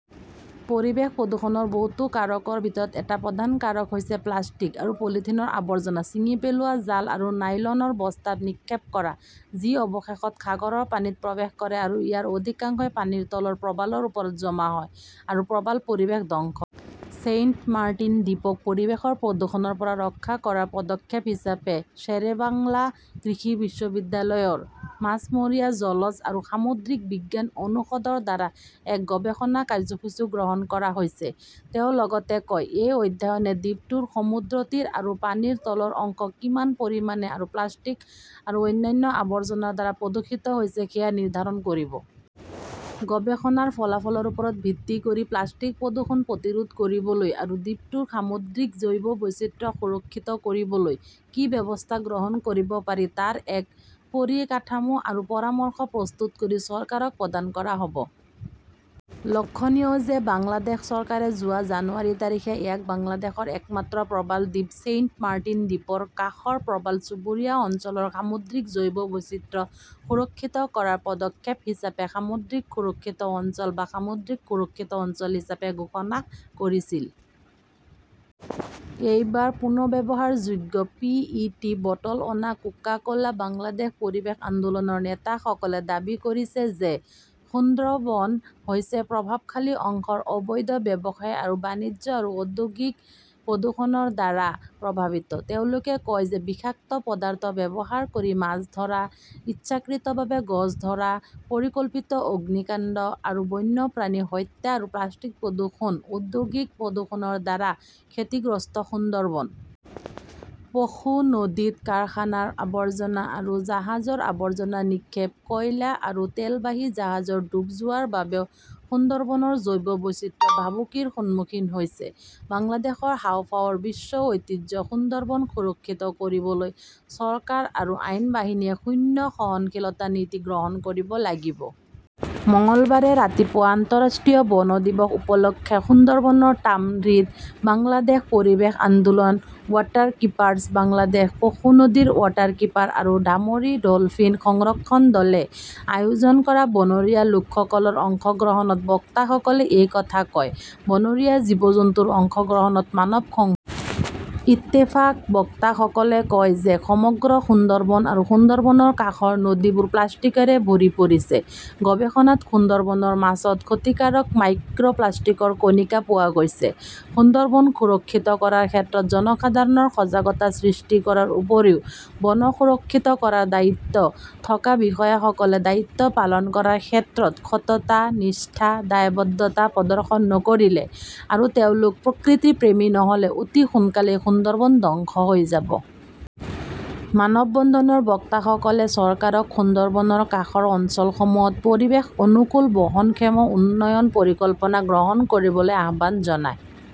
পৰিৱেশ প্ৰদূষণৰ বহুতো কাৰকৰ ভিতৰত এটা প্ৰধান কাৰণ হৈছে প্লাষ্টিক আৰু পলিথিনৰ আৱৰ্জনা, ছিঙি পেলোৱা জাল আৰু নাইলনৰ বস্তা নিক্ষেপ কৰা, যি অৱশেষত সাগৰৰ পানীত প্ৰৱেশ কৰে আৰু ইয়াৰ অধিকাংশই পানীৰ তলৰ প্ৰবালৰ ওপৰত জমা হয় আৰু প্ৰবাল পৰিৱেশ ধ্বংস কৰে। ছেইণ্টমাৰ্টিন দ্বীপক পৰিৱেশৰ প্ৰদূষণৰ পৰা ৰক্ষা কৰাৰ পদক্ষেপ হিচাপে শ্বেৰেবাংলা কৃষি বিশ্ববিদ্যালয়ৰ মাছমৰীয়া, জলজ আৰু সামুদ্ৰিক বিজ্ঞান অনুষদৰ দ্বাৰা এক গৱেষণা কাৰ্যসূচীও গ্ৰহণ কৰা হৈছে, তেওঁ লগতে কয়। এই অধ্যয়নে দ্বীপটোৰ সমুদ্ৰতীৰ আৰু পানীৰ তলৰ অংশ কিমান পৰিমাণে আৰু প্লাষ্টিক আৰু অন্যান্য আৱৰ্জনাৰ দ্বাৰা প্ৰদূষিত হৈছে সেয়া নিৰ্ধাৰণ কৰিব। গৱেষণাৰ ফলাফলৰ ওপৰত ভিত্তি কৰি প্লাষ্টিক প্ৰদূষণ প্ৰতিৰোধ কৰিবলৈ আৰু দ্বীপটোৰ সামুদ্ৰিক জৈৱ বৈচিত্ৰ্য সুৰক্ষিত কৰিবলৈ কি ব্যৱস্থা গ্ৰহণ কৰিব পাৰি তাৰ এক পৰিকাঠামো আৰু পৰামৰ্শ প্ৰস্তুত কৰি চৰকাৰক প্ৰদান কৰা হ 'ব। লক্ষণীয় যে বাংলাদেশ চৰকাৰে যোৱা জানুৱাৰী তাৰিখে ইয়াক বাংলাদেশৰ একমাত্ৰ প্ৰবাল দ্বীপ ছেইণ্ট মাৰ্টিন দ্বীপৰ কাষৰ প্ৰবাল চুবুৰীয়া অঞ্চলৰ সামুদ্ৰিক জৈৱ বৈচিত্ৰ্য সুৰক্ষিত কৰাৰ পদক্ষেপ হিচাপে সামুদ্ৰিক সুৰক্ষিত অঞ্চল বা সামুদ্ৰিক সুৰক্ষিত অঞ্চল হিচাপে ঘোষণা কৰিছিল। এইবাৰ পুনৰ্ব্যৱহাৰযোগ্য পি. ই. টি. বটল অনা কোকা-কোলা বাংলাদেশ পৰিৱেশ আন্দোলনৰ নেতাসকলে দাবী কৰিছে যে, সুন্দ্ৰবন হৈছে প্ৰভাৱশালী অংশৰ অবৈধ ব্যৱসায় আৰু বাণিজ্য আৰু ঔদ্যোগিক প্ৰদূষণৰ দ্বাৰা প্ৰভাৱিত। তেওঁলোকে কয় যে বিষাক্ত পদাৰ্থ ব্যৱহাৰ কৰি মাছ ধৰা, ইচ্ছাকৃতভাৱে গছ ধৰা, পৰিকল্পিত অগ্নিকাণ্ড আৰু বন্যপ্ৰাণী হত্যা আৰু প্লাষ্টিক প্ৰদূষণ-ঔদ্যোগিক প্ৰদূষণৰ দ্বাৰা ক্ষতিগ্ৰস্ত সুন্দৰবন। পশু নদীত কাৰখানাৰ আৱৰ্জনা আৰু জাহাজৰ আৱৰ্জনা নিক্ষেপ, কয়লা আৰু তেলবাহী জাহাজৰ ডুব যোৱাৰ বাবেও সুন্দৰবনৰ জৈৱ বৈচিত্ৰ্য ভাবুকিৰ সন্মুখীন হৈছে। বাংলাদেশৰ হাঁওফাঁওৰ বিশ্ব ঐতিহ্য সুন্দৰবন সুৰক্ষিত কৰিবলৈ চৰকাৰ আৰু আইন বাহিনীয়ে শূন্য সহনশীলতা নীতি গ্ৰহণ কৰিব লাগিব। মঙলবাৰে ৰাতিপুৱা আন্তঃৰাষ্ট্ৰীয় বন দিৱস উপলক্ষে সুন্দৰবনৰ ঢামৰীত বাংলাদেশ পৰিৱেশ আন্দোলন, ৱাটাৰকীপাৰ্ছ বাংলাদেশ, পশু নদীৰ ৱাটাৰকীপাৰ আৰু ঢামৰী ডলফিন সংৰক্ষণ দলে আয়োজন কৰা বনৰীয়া লোকসকলৰ অংশগ্ৰহণত বক্তাসকলে এই কথা কয়। বনৰীয়া জীৱ-জন্তুৰ অংশগ্ৰহণত মানৱ সংহতি। ইত্তেফাক বক্তাসকলে কয় যে, সমগ্ৰ সুন্দৰবন আৰু সুন্দৰবনৰ কাষৰ নদীবোৰ প্লাষ্টিকৰে ভৰি পৰিছে। গৱেষণাত সুন্দৰবনৰ মাছত ক্ষতিকাৰক মাইক্ৰ'প্লাষ্টিকৰ কণিকা পোৱা গৈছে। সুন্দৰবন সুৰক্ষিত কৰাৰ ক্ষেত্ৰত জনসাধাৰণৰ সজাগতা সৃষ্টি কৰাৰ উপৰিও বন সুৰক্ষিত কৰাৰ দায়িত্ব থকা বিষয়াসকলে দায়িত্ব পালন কৰাৰ ক্ষেত্ৰত সততা, নিষ্ঠা, দায়বদ্ধতা প্ৰদৰ্শন নকৰিলে আৰু তেওঁলোক প্ৰকৃতিপ্ৰেমী নহ'লে অতি সোনকালেই সুন্দৰবন ধ্বংস হৈ যাব। মানৱ বন্ধনৰ বক্তাসকলে চৰকাৰক সুন্দৰবনৰ কাষৰ অঞ্চলসমূহত পৰিৱেশ অনুকূল বহনক্ষম উন্নয়ন পৰিকল্পনা গ্ৰহণ কৰিবলৈ আহ্বান জনায়।